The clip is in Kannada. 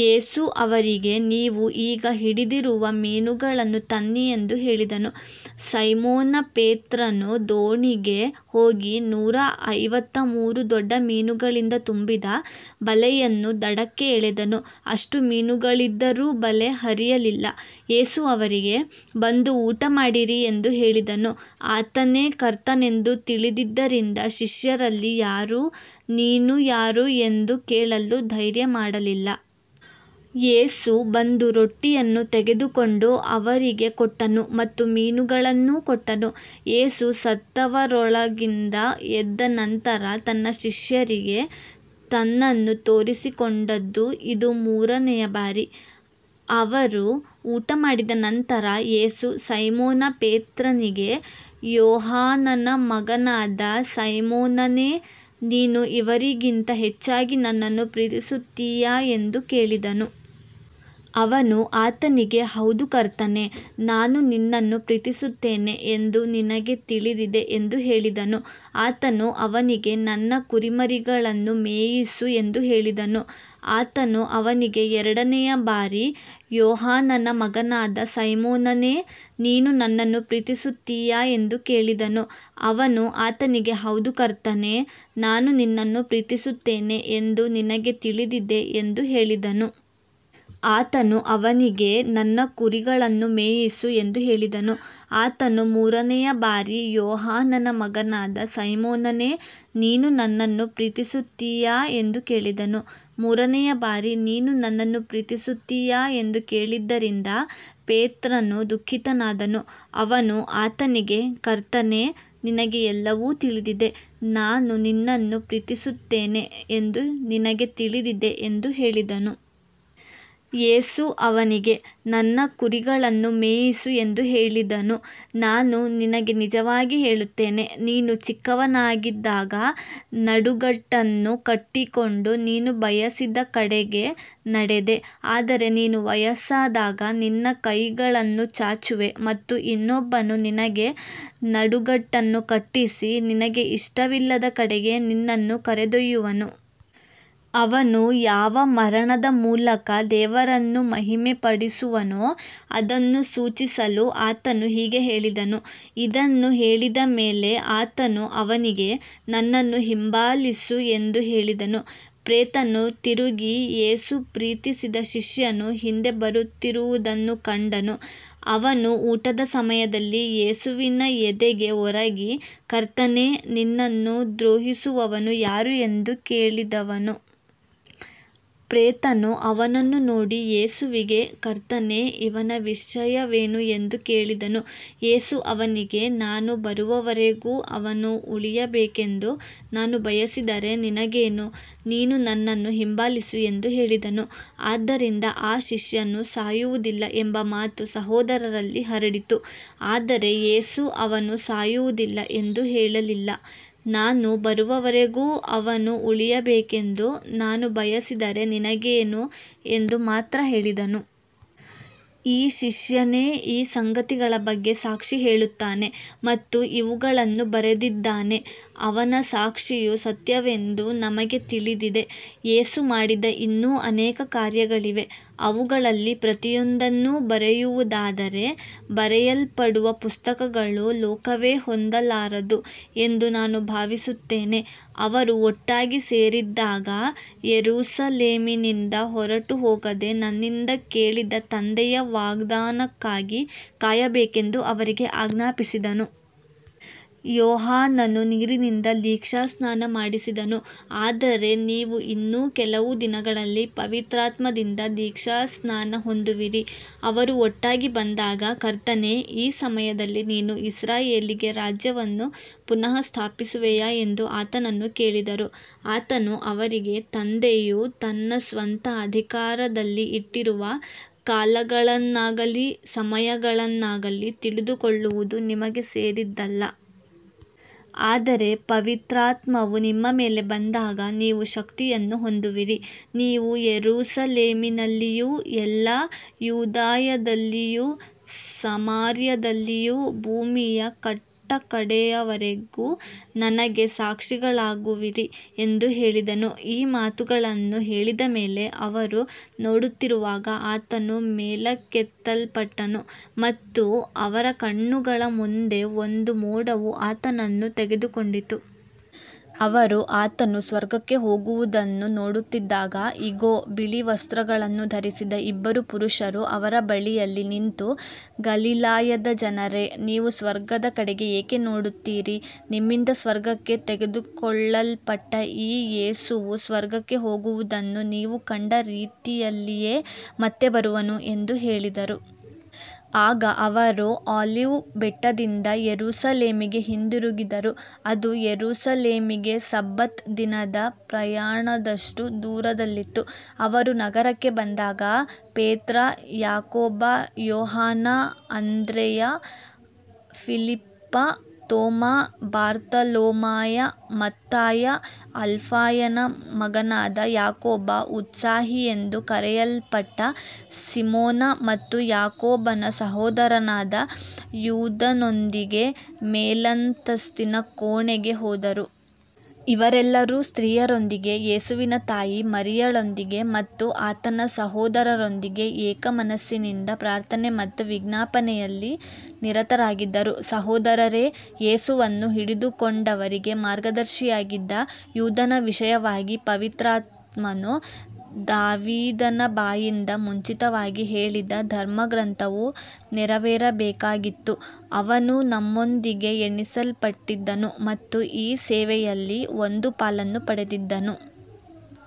ಯೇಸು ಅವರಿಗೆ, ನೀವು ಈಗ ಹಿಡಿದಿರುವ ಮೀನುಗಳನ್ನು ತನ್ನಿ ಎಂದು ಹೇಳಿದನು. ಸೈಮೋನ ಪೇತ್ರನು ದೋಣಿಗೆ ಹೋಗಿ ನೂರ ಐವತ್ತಮೂರು ದೊಡ್ಡ ಮೀನುಗಳಿಂದ ತುಂಬಿದ ಬಲೆಯನ್ನು ದಡಕ್ಕೆ ಎಳೆದನು. ಅಷ್ಟು ಮೀನುಗಳಿದ್ದರೂ ಬಲೆ ಹರಿಯಲಿಲ್ಲ. ಯೇಸು ಅವರಿಗೆ, ಬಂದು ಊಟಮಾಡಿರಿ ಎಂದು ಹೇಳಿದನು. ಆತನೇ ಕರ್ತನೆಂದು ತಿಳಿದಿದ್ದರಿಂದ ಶಿಷ್ಯರಲ್ಲಿ ಯಾರೂ, ನೀನು ಯಾರು ಎಂದು ಕೇಳಲು ಧೈರ್ಯ ಮಾಡಲಿಲ್ಲ. ಯೇಸು ಬಂದು ರೊಟ್ಟಿಯನ್ನು ತೆಗೆದುಕೊಂಡು ಅವರಿಗೆ ಕೊಟ್ಟನು ಮತ್ತು ಮೀನುಗಳನ್ನೂ ಕೊಟ್ಟನು. ಯೇಸು ಸತ್ತವರೊಳಗಿಂದ ಎದ್ದ ನಂತರ ತನ್ನ ಶಿಷ್ಯರಿಗೆ ತನ್ನನ್ನು ತೋರಿಸಿಕೊಂಡದ್ದು ಇದು ಮೂರನೆಯ ಬಾರಿ. ಅವರು ಊಟಮಾಡಿದ ನಂತರ ಯೇಸು ಸೈಮೋನ ಪೇತ್ರನಿಗೆ, ಯೋಹಾನನ ಮಗನಾದ ಸೈಮೋನನೇ, ನೀನು ಇವರಿಗಿಂತ ಹೆಚ್ಚಾಗಿ ನನ್ನನ್ನು ಪ್ರೀತಿಸುತ್ತೀಯಾ ಎಂದು ಕೇಳಿದನು. ಅವನು ಆತನಿಗೆ, ಹೌದು ಕರ್ತನೇ, ನಾನು ನಿನ್ನನ್ನು ಪ್ರೀತಿಸುತ್ತೇನೆ ಎಂದು ನಿನಗೆ ತಿಳಿದಿದೆ ಎಂದು ಹೇಳಿದನು. ಆತನು ಅವನಿಗೆ, ನನ್ನ ಕುರಿಮರಿಗಳನ್ನು ಮೇಯಿಸು ಎಂದು ಹೇಳಿದನು. ಆತನು ಅವನಿಗೆ ಎರಡನೆಯ ಬಾರಿ, ಯೋಹಾನನ ಮಗನಾದ ಸೈಮೋನನೇ, ನೀನು ನನ್ನನ್ನು ಪ್ರೀತಿಸುತ್ತೀಯಾ ಎಂದು ಕೇಳಿದನು. ಅವನು ಆತನಿಗೆ, ಹೌದು ಕರ್ತನೇ, ನಾನು ನಿನ್ನನ್ನು ಪ್ರೀತಿಸುತ್ತೇನೆ ಎಂದು ನಿನಗೆ ತಿಳಿದಿದೆ ಎಂದು ಹೇಳಿದನು. ಆತನು ಅವನಿಗೆ, ನನ್ನ ಕುರಿಗಳನ್ನು ಮೇಯಿಸು ಎಂದು ಹೇಳಿದನು. ಆತನು ಮೂರನೆಯ ಬಾರಿ, ಯೋಹಾನನ ಮಗನಾದ ಸೈಮೋನನೇ, ನೀನು ನನ್ನನ್ನು ಪ್ರೀತಿಸುತ್ತೀಯಾ ಎಂದು ಕೇಳಿದನು. ಮೂರನೆಯ ಬಾರಿ ನೀನು ನನ್ನನ್ನು ಪ್ರೀತಿಸುತ್ತೀಯಾ ಎಂದು ಕೇಳಿದ್ದರಿಂದ ಪೇತ್ರನು ದುಃಖಿತನಾದನು. ಅವನು ಆತನಿಗೆ, ಕರ್ತನೇ, ನಿನಗೆ ಎಲ್ಲವೂ ತಿಳಿದಿದೆ, ನಾನು ನಿನ್ನನ್ನು ಪ್ರೀತಿಸುತ್ತೇನೆ ಎಂದು ನಿನಗೆ ತಿಳಿದಿದೆ ಎಂದು ಹೇಳಿದನು. ಯೇಸು ಅವನಿಗೆ, ನನ್ನ ಕುರಿಗಳನ್ನು ಮೇಯಿಸು ಎಂದು ಹೇಳಿದನು. ನಾನು ನಿನಗೆ ನಿಜವಾಗಿ ಹೇಳುತ್ತೇನೆ, ನೀನು ಚಿಕ್ಕವನಾಗಿದ್ದಾಗ ನಡುಗಟ್ಟನ್ನು ಕಟ್ಟಿಕೊಂಡು ನೀನು ಬಯಸಿದ ಕಡೆಗೆ ನಡೆದೆ, ಆದರೆ ನೀನು ವಯಸ್ಸಾದಾಗ ನಿನ್ನ ಕೈಗಳನ್ನು ಚಾಚುವೆ ಮತ್ತು ಇನ್ನೊಬ್ಬನು ನಿನಗೆ ನಡುಗಟ್ಟನ್ನು ಕಟ್ಟಿಸಿ, ನಿನಗೆ ಇಷ್ಟವಿಲ್ಲದ ಕಡೆಗೆ ನಿನ್ನನ್ನು ಕರೆದೊಯ್ಯುವನು. ಅವನು ಯಾವ ಮರಣದ ಮೂಲಕ ದೇವರನ್ನು ಮಹಿಮೆಪಡಿಸುವನೋ ಅದನ್ನು ಸೂಚಿಸಲು ಆತನು ಹೀಗೆ ಹೇಳಿದನು. ಇದನ್ನು ಹೇಳಿದ ಮೇಲೆ ಆತನು ಅವನಿಗೆ, ನನ್ನನ್ನು ಹಿಂಬಾಲಿಸು ಎಂದು ಹೇಳಿದನು. ಪೇತ್ರನು ತಿರುಗಿ ಯೇಸು ಪ್ರೀತಿಸಿದ ಶಿಷ್ಯನು ಹಿಂದೆ ಬರುತ್ತಿರುವುದನ್ನು ಕಂಡನು. ಅವನು ಊಟದ ಸಮಯದಲ್ಲಿ ಯೇಸುವಿನ ಎದೆಗೆ ಒರಗಿ, ಕರ್ತನೇ, ನಿನ್ನನ್ನು ದ್ರೋಹಿಸುವವನು ಯಾರು ಎಂದು ಕೇಳಿದವನು. ಪೇತ್ರನು ಅವನನ್ನು ನೋಡಿ ಯೇಸುವಿಗೆ, ಕರ್ತನೇ, ಇವನ ವಿಷಯವೇನು ಎಂದು ಕೇಳಿದನು. ಯೇಸು ಅವನಿಗೆ, ನಾನು ಬರುವವರೆಗೂ ಅವನು ಉಳಿಯಬೇಕೆಂದು ನಾನು ಬಯಸಿದರೆ ನಿನಗೇನು, ನೀನು ನನ್ನನ್ನು ಹಿಂಬಾಲಿಸು ಎಂದು ಹೇಳಿದನು. ಆದ್ದರಿಂದ ಆ ಶಿಷ್ಯನು ಸಾಯುವುದಿಲ್ಲ ಎಂಬ ಮಾತು ಸಹೋದರರಲ್ಲಿ ಹರಡಿತು. ಆದರೆ ಯೇಸು ಅವನು ಸಾಯುವುದಿಲ್ಲ ಎಂದು ಹೇಳಲಿಲ್ಲ, ನಾನು ಬರುವವರೆಗೂ ಅವನು ಉಳಿಯಬೇಕೆಂದು ನಾನು ಬಯಸಿದರೆ ನಿನಗೇನು ಎಂದು ಮಾತ್ರ ಹೇಳಿದನು. ಈ ಶಿಷ್ಯನೇ ಈ ಸಂಗತಿಗಳ ಬಗ್ಗೆ ಸಾಕ್ಷಿ ಹೇಳುತ್ತಾನೆ ಮತ್ತು ಇವುಗಳನ್ನು ಬರೆದಿದ್ದಾನೆ. ಅವನ ಸಾಕ್ಷಿಯು ಸತ್ಯವೆಂದು ನಮಗೆ ತಿಳಿದಿದೆ. ಯೇಸು ಮಾಡಿದ ಇನ್ನೂ ಅನೇಕ ಕಾರ್ಯಗಳಿವೆ. ಅವುಗಳಲ್ಲಿ ಪ್ರತಿಯೊಂದನ್ನೂ ಬರೆಯುವುದಾದರೆ, ಬರೆಯಲ್ಪಡುವ ಪುಸ್ತಕಗಳನ್ನು ಲೋಕವೇ ಹೊಂದಲಾರದು ಎಂದು ನಾನು ಭಾವಿಸುತ್ತೇನೆ. ಅವರು ಒಟ್ಟಾಗಿ ಸೇರಿದ್ದಾಗ, ಯೆರೂಸಲೇಮಿನಿಂದ ಹೊರಟುಹೋಗದೆ, ನನ್ನಿಂದ ಕೇಳಿದ ತಂದೆಯ ವಾಗ್ದಾನಕ್ಕಾಗಿ ಕಾಯಬೇಕೆಂದು ಅವರಿಗೆ ಆಜ್ಞಾಪಿಸಿದನು. ಯೋಹಾನನು ನೀರಿನಿಂದ ದೀಕ್ಷಾಸ್ನಾನ ಮಾಡಿಸಿದನು, ಆದರೆ ನೀವು ಇನ್ನೂ ಕೆಲವು ದಿನಗಳಲ್ಲಿ ಪವಿತ್ರಾತ್ಮದಿಂದ ದೀಕ್ಷಾಸ್ನಾನ ಹೊಂದುವಿರಿ. ಅವರು ಒಟ್ಟಾಗಿ ಬಂದಾಗ, ಕರ್ತನೇ, ಈ ಸಮಯದಲ್ಲಿ ನೀನು ಇಸ್ರಾಯೇಲಿಗೆ ರಾಜ್ಯವನ್ನು ಪುನಃ ಸ್ಥಾಪಿಸುವೆಯಾ ಎಂದು ಆತನನ್ನು ಕೇಳಿದರು. ಆತನು ಅವರಿಗೆ, ತಂದೆಯು ತನ್ನ ಸ್ವಂತ ಅಧಿಕಾರದಲ್ಲಿ ಇಟ್ಟಿರುವ ಕಾಲಗಳನ್ನಾಗಲಿ ಸಮಯಗಳನ್ನಾಗಲಿ ತಿಳಿದುಕೊಳ್ಳುವುದು ನಿಮಗೆ ಸೇರಿದ್ದಲ್ಲ. ಆದರೆ ಪವಿತ್ರಾತ್ಮವು ನಿಮ್ಮ ಮೇಲೆ ಬಂದಾಗ ನೀವು ಶಕ್ತಿಯನ್ನು ಹೊಂದುವಿರಿ. ನೀವು ಯೆರೂಸಲೇಮಿನಲ್ಲಿಯೂ ಎಲ್ಲಾ ಯೂದಾಯದಲ್ಲಿಯೂ ಸಮಾರ್ಯದಲ್ಲಿಯೂ ಭೂಮಿಯ ಕಟ್ಟಕಡೆಯವರೆಗೂ ನನಗೆ ಸಾಕ್ಷಿಗಳಾಗಿರುವಿರಿ ಎಂದು ಹೇಳಿದನು. ಈ ಮಾತುಗಳನ್ನು ಹೇಳಿದ ಮೇಲೆ ಅವರು ನೋಡುತ್ತಿರುವಾಗ ಆತನು ಮೇಲಕ್ಕೆತ್ತಲ್ಪಟ್ಟನು ಮತ್ತು ಅವರ ಕಣ್ಣುಗಳ ಮುಂದೆ ಒಂದು ಮೋಡವು ಆತನನ್ನು ತೆಗೆದುಕೊಂಡಿತು. ಅವರು ಆತನು ಸ್ವರ್ಗಕ್ಕೆ ಹೋಗುವುದನ್ನು ನೋಡುತ್ತಿದ್ದಾಗ, ಇಗೋ, ಬಿಳಿ ವಸ್ತ್ರಗಳನ್ನು ಧರಿಸಿದ ಇಬ್ಬರು ಪುರುಷರು ಅವರ ಬಳಿಯಲ್ಲಿ ನಿಂತು, ಗಲಿಲಾಯದ ಜನರೇ, ನೀವು ಸ್ವರ್ಗದ ಕಡೆಗೆ ಏಕೆ ನೋಡುತ್ತೀರಿ. ನಿಮ್ಮಿಂದ ಸ್ವರ್ಗಕ್ಕೆ ತೆಗೆದುಕೊಳ್ಳಲ್ಪಟ್ಟ ಈ ಯೇಸುವು ಸ್ವರ್ಗಕ್ಕೆ ಹೋಗುವುದನ್ನು ನೀವು ಕಂಡ ರೀತಿಯಲ್ಲಿಯೇ ಮತ್ತೆ ಬರುವನು ಎಂದು ಹೇಳಿದರು. ಆಗ ಅವರು ಆಲಿವ್ ಬೆಟ್ಟದಿಂದ ಯೆರೂಸಲೇಮಿಗೆ ಹಿಂದಿರುಗಿದರು. ಅದು ಯೆರೂಸಲೇಮಿಗೆ ಸಬ್ಬತ್ ದಿನದ ಪ್ರಯಾಣದಷ್ಟು ದೂರದಲ್ಲಿತ್ತು. ಅವರು ನಗರಕ್ಕೆ ಬಂದಾಗ ಪೇತ್ರ, ಯಾಕೋಬ, ಯೋಹಾನ, ಅಂದ್ರೆಯ, ಫಿಲಿಪ್ಪ, ತೋಮ, ಬಾರ್ತಲೋಮಾಯ, ಮತ್ತಾಯ, ಅಲ್ಫಾಯನ ಮಗನಾದ ಯಾಕೋಬ, ಉತ್ಸಾಹಿಯೆಂದು ಕರೆಯಲ್ಪಟ್ಟ ಸಿಮೋನ ಮತ್ತು ಯಾಕೋಬನ ಸಹೋದರನಾದ ಯೂದನೊಂದಿಗೆ ಮೇಲಂತಸ್ತಿನ ಕೋಣೆಗೆ ಹೋದರು. ಇವರೆಲ್ಲರೂ ಸ್ತ್ರೀಯರೊಂದಿಗೆ, ಯೇಸುವಿನ ತಾಯಿ ಮರಿಯಳೊಂದಿಗೆ ಮತ್ತು ಆತನ ಸಹೋದರರೊಂದಿಗೆ ಏಕಮನಸ್ಸಿನಿಂದ ಪ್ರಾರ್ಥನೆ ಮತ್ತು ವಿಜ್ಞಾಪನೆಯಲ್ಲಿ ನಿರತರಾಗಿದ್ದರು. ಸಹೋದರರೇ, ಯೇಸುವನ್ನು ಹಿಡಿದುಕೊಂಡವರಿಗೆ ಮಾರ್ಗದರ್ಶಿಯಾಗಿದ್ದ ಯೂದನ ವಿಷಯವಾಗಿ ಪವಿತ್ರಾತ್ಮನು ದಾವೀದನ ಬಾಯಿಂದ ಮುಂಚಿತವಾಗಿ ಹೇಳಿದ ಧರ್ಮಗ್ರಂಥವು ನೆರವೇರಬೇಕಾಗಿತ್ತು. ಅವನು ನಮ್ಮೊಂದಿಗೆ ಎಣಿಸಲ್ಪಟ್ಟಿದ್ದನು ಮತ್ತು ಈ ಸೇವೆಯಲ್ಲಿ ಒಂದು ಪಾಲನ್ನು ಪಡೆದಿದ್ದನು.